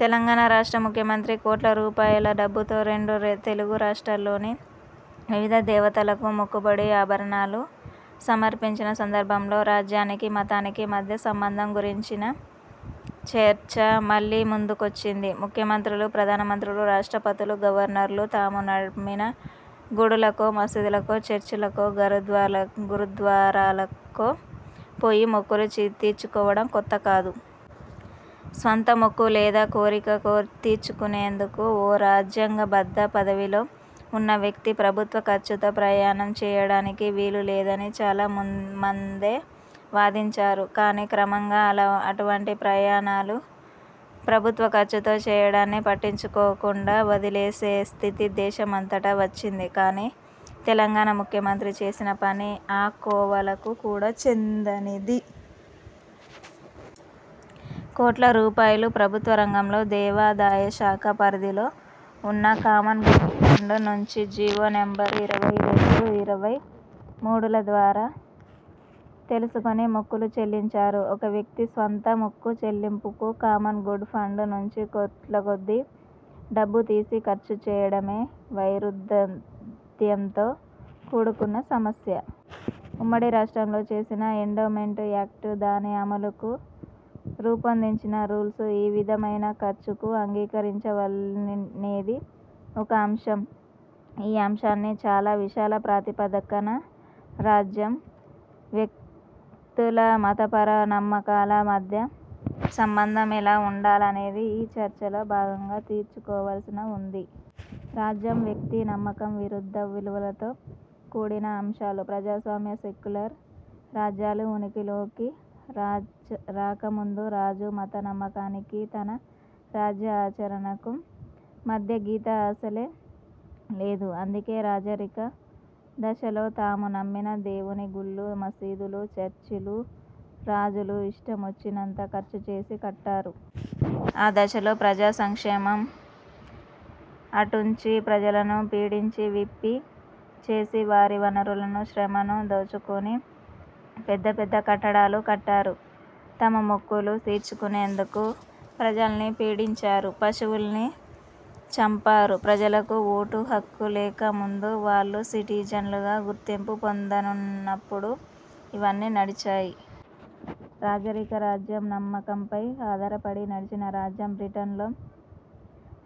తెలంగాణ రాష్ట్ర ముఖ్యమంత్రి కోట్ల రూపాయల డబ్బుతో రెండు తెలుగు రాష్ర్టాల్లోని వివిధ దేవతలకు మొక్కుబడి ఆభరణాలు సమర్పించిన సందర్భంలో రాజ్యానికీ, మతానికీ మధ్య సంబంధం గురించిన చర్చ మళ్ళీ ముందుకొచ్చింది. ముఖ్యమంత్రులు, ప్రధానమంత్రులు, రాష్ట్రపతులు, గవర్నర్లు తాము నమ్మిన గుడులకో, మసీదులకో, చర్చిలకో, గురుద్వారలకో పోయి మొక్కులు తీర్చుకోవడం కొత్త కాదు. స్వంత మొక్కు లేదా కోరిక తీర్చుకునేందుకు ఏ రాజ్యాంగబద్ధ పదవిలో ఉన్న వ్యక్తీ ప్రభుత్వ ఖర్చుతో ప్రయాణం చెయ్యడానికి వీలు లేదని చాలా మందే వాదించారు. కానీ క్రమంగా అటువంటి ప్రయాణాలు ప్రభుత్వ ఖర్చుతో చెయ్యడాన్ని పట్టించుకోకుండా వదిలేసే స్థితి దేశమంతటా వచ్చింది. కానీ తెలంగాణ ముఖ్యమంత్రి చేసిన పని ఆ కోవలకు కూడా చెందనిది. కోట్ల రూపాయలు ప్రభుత్వ రంగంలో దేవాదాయ శాఖ పరిధిలో ఉన్న 'కామన్ గుడ్ ఫండ్' నుంచి జీవో నంబర్ ఇరవై రెండు, ఇరవై మూడుల ద్వారా థెలుసుకొని మొక్కులు చెల్లించారు. ఒక వ్యక్తి స్వంత మొక్కు చెల్లింపుకు 'కామన్ గుడ్ ఫండ్' నుంచి కోట్లకొద్దీ డబ్బు తీసి ఖర్చు చేయడమే వైరుధ్యంతో కూడుకున్న సమస్య. ఉమ్మడి రాష్ట్రంలో చేసిన ఎండోమెంట్ యాక్ట్, దాని అమలుకు రూపొందించిన రూల్స్ ఈ విధమైన ఖర్చుకు అంగీకరించవనేది ఒక అంశం. ఈ అంశాన్ని చాలా విశాల ప్రాతిపదికన రాజ్యం, వ్యక్తుల మతపర నమ్మకాల మధ్య సంబంధం ఎలా ఉండాలనేది ఈ చర్చలో భాగంగా తేల్చుకోవలసి ఉంది. రాజ్యం, వ్యక్తి నమ్మకం విరుద్ధ విలువలతో కూడిన అంశాలు. ప్రజాస్వామ్య, సెక్యులర్ రాజ్యాలు ఉనికిలోకి రాక ముందు రాజు మత నమ్మకానికీ, తన రాజ్య ఆచరణకూ మధ్య గీత అసలే లేదు. అందుకే రాజరిక దశలో తాము నమ్మిన దేవుని గుళ్ళు, మసీదులు, చర్చిలు రాజులు ఇష్టమొచ్చినంత ఖర్చుచేసి కట్టారు. ఆ దశలో ప్రజా సంక్షేమం అటుంచి ప్రజలను పీడించి, పిప్పి చేసి వారి వనరులను, శ్రమను దోచుకొని పెద్ద, పెద్ద కట్టడాలు కట్టారు. తమ మొక్కులు తీర్చుకునేందుకు ప్రజల్ని పీడించారు, పశువుల్ని చంపారు. ప్రజలకు ఓటు హక్కు లేక ముందు, వాళ్ళు సిటిజనులుగా గుర్తింపు పొందనప్పుడు ఇవన్నీ నడిచాయి. రాజరిక రాజ్యం నమ్మకంపై ఆధారపడి నడిచిన రాజ్యం. బ్రిటన్లో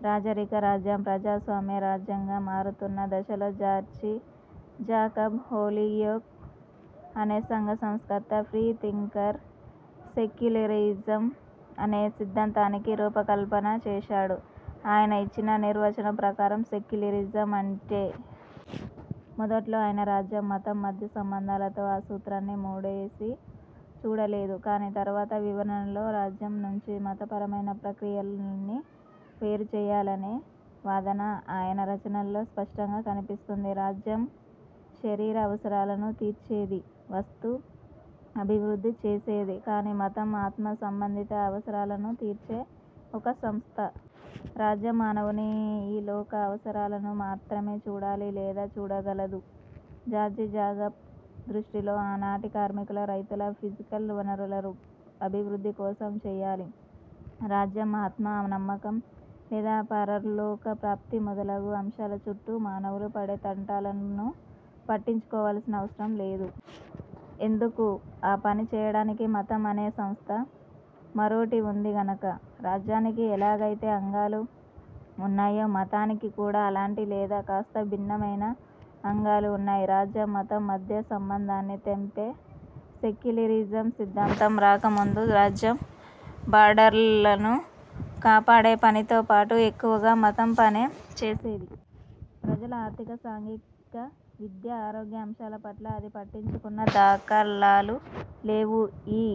రాజరిక రాజ్యం ప్రజాస్వామ్య రాజ్యంగా మారుతున్న దశలో జార్జి జాకబ్ హోలియోక్ అనే సంఘ సంస్కర్త – ఫ్రీ థింకర్ సెక్యులరిజం అనే సిద్ధాంతానికి రూపకల్పన చేశాడు. ఆయన ఇచ్చిన నిర్వచనం ప్రకారం సెక్యులరిజం అంటే ','. మొదట్లో ఆయన రాజ్యం, మతం మధ్య సంబంధాలతో ఆ సూత్రాన్ని ముడేసి చూడలేదు. కానీ తరువాత వివరణలో రాజ్యం నుంచి, మతపర ప్రక్రియలన్నీ వేరుచెయ్యాలనే వాదన ఆయన రచనల్లో స్పష్టంగా కనిపిస్తుంది. రాజ్యం శరీర అవసరాలను తీర్చేది, వస్తు అభివృద్ధి చేసేది. కానీ మతం ఆత్మ సంబంధిత అవసరాలను తీర్చే ఒక సంస్థ. రాజ్యం మానవుని ఈ లోక అవసరాలను మాత్రమే చూడాలి లేదా చూడగలదు. జార్జి జాకబ్ దృష్టిలో ఆనాటి కార్మికుల, రైతుల ఫిజికల్ వనరుల అభివృద్ధి కోసం చెయ్యాలి. రాజ్యం ఆత్మ, నమ్మకం లేదా పరలోక ప్రాప్తి మొదలగు అంశాల చుట్టూ మానవులు పడే తంటాలను పట్టించుకోవలసిన అవసరం లేదు. ఎందుకు? ఆ పని చెయ్యడానికి మతం అనే సంస్థ మరోటి ఉంది కనుక. రాజ్యానికి ఎలాగైతే అంగాలు ఉన్నాయో మతానికి కూడా అలాంటి లేదా కాస్త భిన్నమైన అంగాలు ఉన్నాయి. రాజ్యం, మతం మధ్య సంబంధాన్ని తెంపే సెక్యులరిజం సిద్ధాంతం రాకముందు రాజ్యం బార్డర్లను కాపాడే పనితో పాటు ఎక్కువగా మతం పనే చేసేది. ప్రజల ఆర్థిక, సాంఘిక, విద్య, ఆరోగ్య అంశాల పట్ల అది పట్టించుకున్న దాఖలాలు లేవు. ఈ